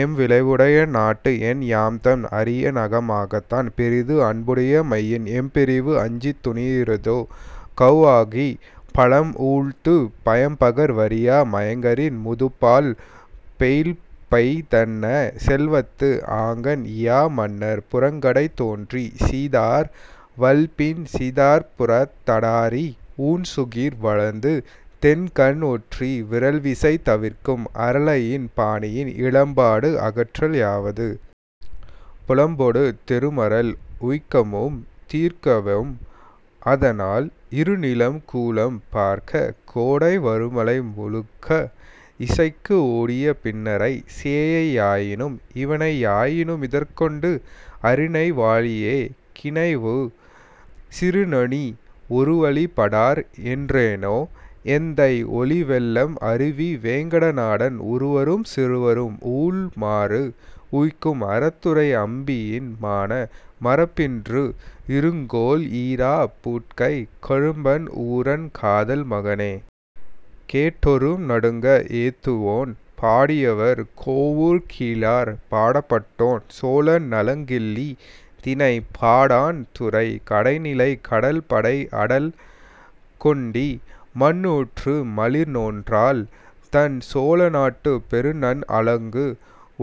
M விழவுடை நாட்டு? ' என, யாம்தன் அறியுநமாகத்' தான் பெரிது அன்புடை மையின், எம்பிரிவு அஞ்சித் துணரியது கொளாஅ வாகிப், பழம்ஊழ்த்துப், பயம்பகர் வறியா மயங்கரில் முதுபாழ்ப் பெயல்பெய் தன்ன, செல்வத்து ஆங்கண் ஈயா மன்னர் புறங்கடைத் தோன்றிச், சிதாஅர் வள்பின் சிதர்ப்புறத் தடாரி ஊன்சுகிர் வலந்த தெண்கண் ஒற்றி, விரல்விசை தவிர்க்கும் அரலையில் பாணியின், இலம்பாடு அகற்றல் யாவது? புலம்பொடு தெருமரல் உயக்கமும் தீர்க்குவெம்; அதனால், இருநிலம் கூலம் பாறக், கோடை வருமழை முழக்கு இசைக்கு ஓடிய பின்றைச், சேயை யாயினும், இவணை யாயினும் இதற்கொண்டு அறிநை; வாழியோ, கிணைவ! சிறுநனி, ஒருவழிப் படர்க' என் றோனே எந்தை, ஒலிவெள் அருவி வேங்கட நாடன்; உறுவரும் சிறுவரும் ஊழ்மாறு உய்க்கும் அறத்துறை அம்பியின் மான, மறப்பின்று, இருங்கோள் ஈராப் பூட்கைக் கரும்பன் ஊரன் காதல் மகனே!. கேட்டொறும் நடுங்க ஏத்துவேன்! பாடியவர்: கோவூர் கிழார். பாடப்பட்டோன்: சோழன் நலங்கிள்ளி. திணை: பாடாண். துறை: கடைநிலை. கடல் படை அடல் கொண்டி, மண் டுற்ற மலிர் நோன்றாள், தண் சோழ நாட்டுப் பொருநன், அலங்கு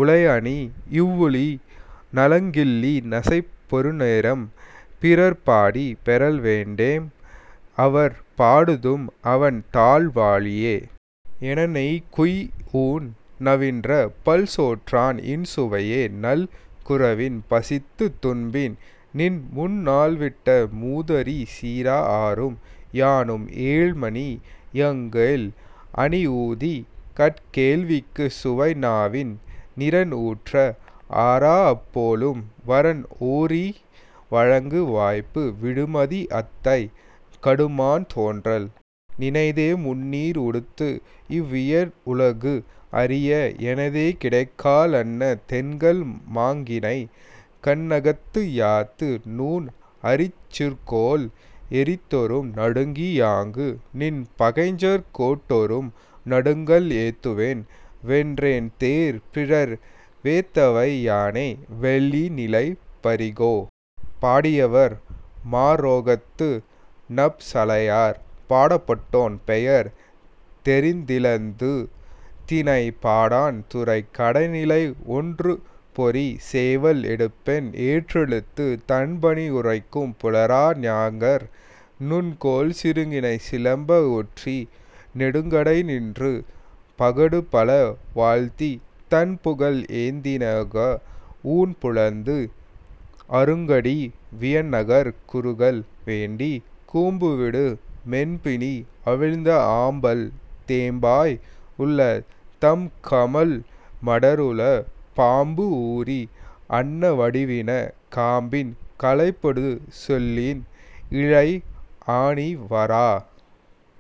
உளை அணி இவுளி நலங் கிள்ளி நசைப் பொருநரேம்; பிறர்ப் பாடிப் பெறல் வேண்டேம் அவற் பாடுதும், 'அவன் தாள் வாழிய! ' என! நெய் குய்ய ஊன் நவின்ற பல்சோற்றான், இன் சுவைய நல் குரவின் பசித் துன்பின் நின் முன்நாள் விட்ட மூதறி சிறா அரும், யானும், ஏழ்மணி யங்கேள், அணிஉத்திக், கட்கேள்விக், சுவை நாவின் நிறன் உற்ற, அரா அப் போலும் வறன் ஒரீ இ, வழங்கு வாய்ப்ப, விடுமதி அத்தை, கடுமான் தோன்றல்! நினதே, முந்நீர் உடுத்த இவ் வியன் உலகு, அறிய; எனதே, கிடைக்காழ் அன்ன தெண்கண் மாக்கிணை கண்ணகத்து யாத்த நுண் அரிச் சிறுகோல் எறிதொறும் நுடங்கி யாங்கு, நின் பகைஞர் கேட்டொறும் நடுங்க, ஏத்துவென், வென்ற தேர், பிறர் வேத்தவை யானே.. வெள்ளி நிலை பரிகோ! பாடியவர்: மாறோக்கத்து நப்பசலையார். பாடப்பட்டோன்: பெயர் தெரிந்திலது திணை: பாடாண். துறை: கடைநிலை. ஒண்பொறிச் சேவல் எடுப்ப ஏற்றெழுந்து, தண்பனி உறைக்கும் புலரா ஞாங்கர், நுண்கோல் சிறுகிணை சிலம்ப ஒற்றி, நெடுங்கடை நின்று, பகடுபல வாழ்த்தித், தன்புகழ் ஏத்தினெ னாக, ஊன்புலந்து, அருங்கடி வியன்நகர்க் குறுகல் வேண்டிக், கூம்புவிடு மென்பிணி அவிழ்த்த ஆம்பல், தேம்பாய் உள்ள தம்கமழ் மடர் உளப், பாம்பு உரி அன்ன வடிவின, காம்பின் கழைபடு சொலியின் இழை அணி வாரா.